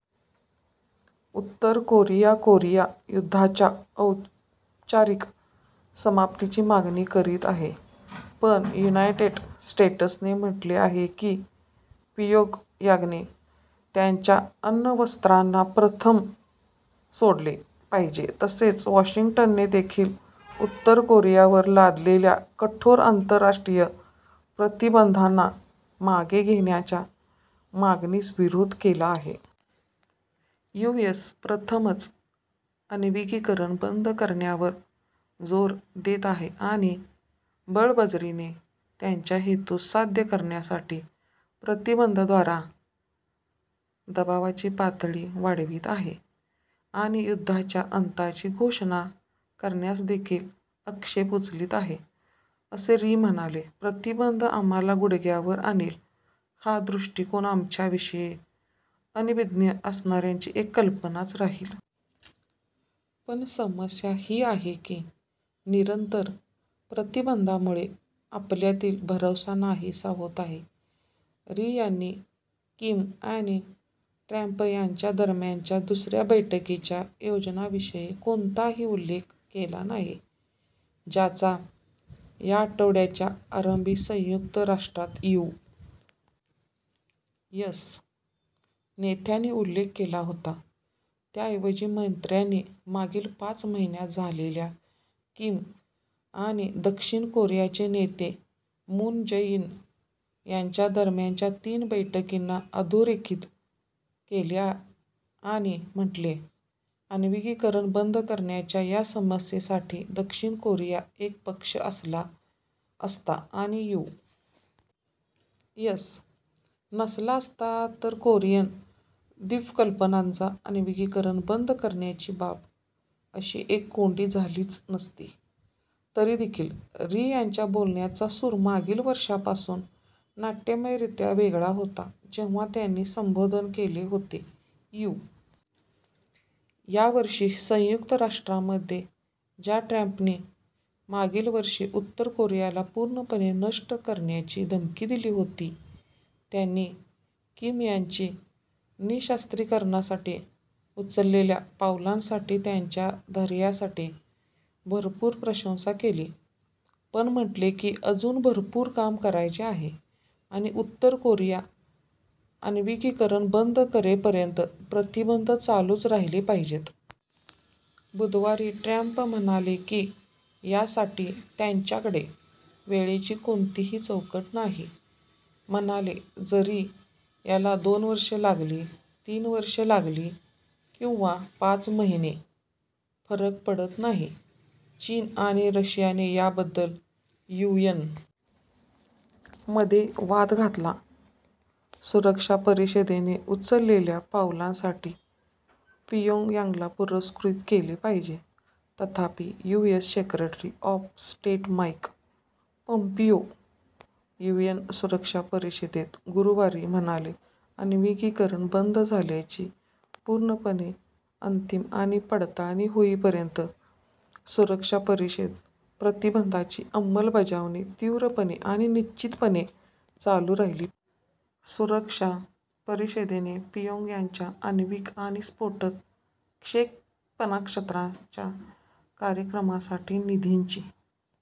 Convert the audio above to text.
उत्तर Korea Korea युद्धाच्या औपचारिक समाप्तीची मागणी करीत आहे, पण युनायटेड स्टेट्सने म्हटले आहे की प्योंगयांगने त्याच्या अण्वस्त्रांना प्रथम सोडले पाहिजे. तसेच वाशिंग्टनने देखील उत्तर कोरियावर लादलेल्या कठोर आंतरराष्ट्रीय प्रतिबंधांना मागे घेण्याच्या मागणीस विरोध केला आहे. "यू. एस. प्रथम "आण्विकीकरण बंद करण्यावर" जोर देत आहे आणि बळबजरीने त्यांच्या हेतूस साध्य करण्यासाठी प्रतिबंधांद्वारा दबावाची पातळी वाढवीत आहे आणि "युद्धाच्या अंताची घोषणा" करण्यास देखील आक्षेप उचलीत आहे," असे री म्हणाले. "प्रतिबंध आम्हाला गुडघ्यांवर आणेल हा दृष्टीकोन आमच्याविषयी अनभिज्ञ असणाऱ्यांची एक कल्पनाच राहील. पण समस्या ही आहे की निरंतर प्रतिबंधांमुळे आपल्यातील भरवसा नाहीसा होत आहे. " री यांनी किम आणि ट्रम्प यांच्या दरम्यानच्या दुसऱ्या बैठकीच्या योजनांविषयी कोणताही उल्लेख केला नाही, ज्याचा या आठवड्याच्या आरंभी संयुक्त राष्ट्रात यू. एस. नेत्यांनी उल्लेख केला होता. त्याऐवजी मंत्र्यांनी मागील पाच महिन्यात झालेल्या किम आणि दक्षिण कोरियाचे नेते मून जै-इन यांच्या दरम्यानच्या तीन बैठकींना अधोरेखित केले आणि म्हटले: "आण्विकीकरण बंद करण्याच्या या समस्येसाठी दक्षिण कोरिया एक पक्ष असला असता आणि यू. एस. नसला असता, तर कोरियन द्वीपकल्पाचा आण्विकीकरण बंद करण्याची बाब अशी एक कोंडी झालीच नसती. " तरी देखील, री यांच्या बोलण्याचा सूर मागील वर्षापासून नाट्यमयरीत्या वेगळा होता, जेव्हा त्यांनी संबोधन केले होते यू. या वर्षी संयुक्त राष्ट्रांमध्ये, ज्या ट्रम्पनी मागील वर्षी उत्तर कोरियाला "पूर्णपणे नष्ट" करण्याची धमकी दिली होती, त्यांनी किम यांची निःशस्त्रीकरणासाठी उचललेल्या पावलांसाठी त्यांच्या धैर्यासाठी भरपूर प्रशंसा केली, पण म्हटले की अजून भरपूर काम करायचे आहे आणि उत्तर कोरिया आण्विकीकरण बंद करेपर्यंत प्रतिबंध चालूच राहिले पाहिजेत. बुधवारी, ट्रम्प म्हणाले की यासाठी त्यांच्याकडे वेळेची कोणतीही चौकट नाही, म्हणाले, "जरी याला दोन वर्षे लागली, तीन वर्षे लागली किंवा पाच महिने – फरक पडत नाही. " चीन आणि रशियाने याबद्दल यू. एन. मध्ये वाद घातला. सुरक्षा परिषदेने उचललेल्या पावलांसाठी प्योंगयांगला पुरस्कृत केले पाहिजे. तथापि, U. S. Secretary of state Mike Pompeo U. N. सुरक्षा परिषदेत गुरुवारी म्हणाले: "आण्विकीकरण बंद झाल्याची पूर्णपणे, अंतिम आणि पडताळणी होईपर्यंत सुरक्षा परिषद प्रतिबंधांची अंमलबजावणी तीव्रपणे आणि निश्चितपणे चालू राहिली पाहिजे. " सुरक्षा परिषदेने प्योंगयांगच्या आण्विक आणि स्फोटक क्षेपणास्त्रांच्या कार्यक्रमांसाठी निधीची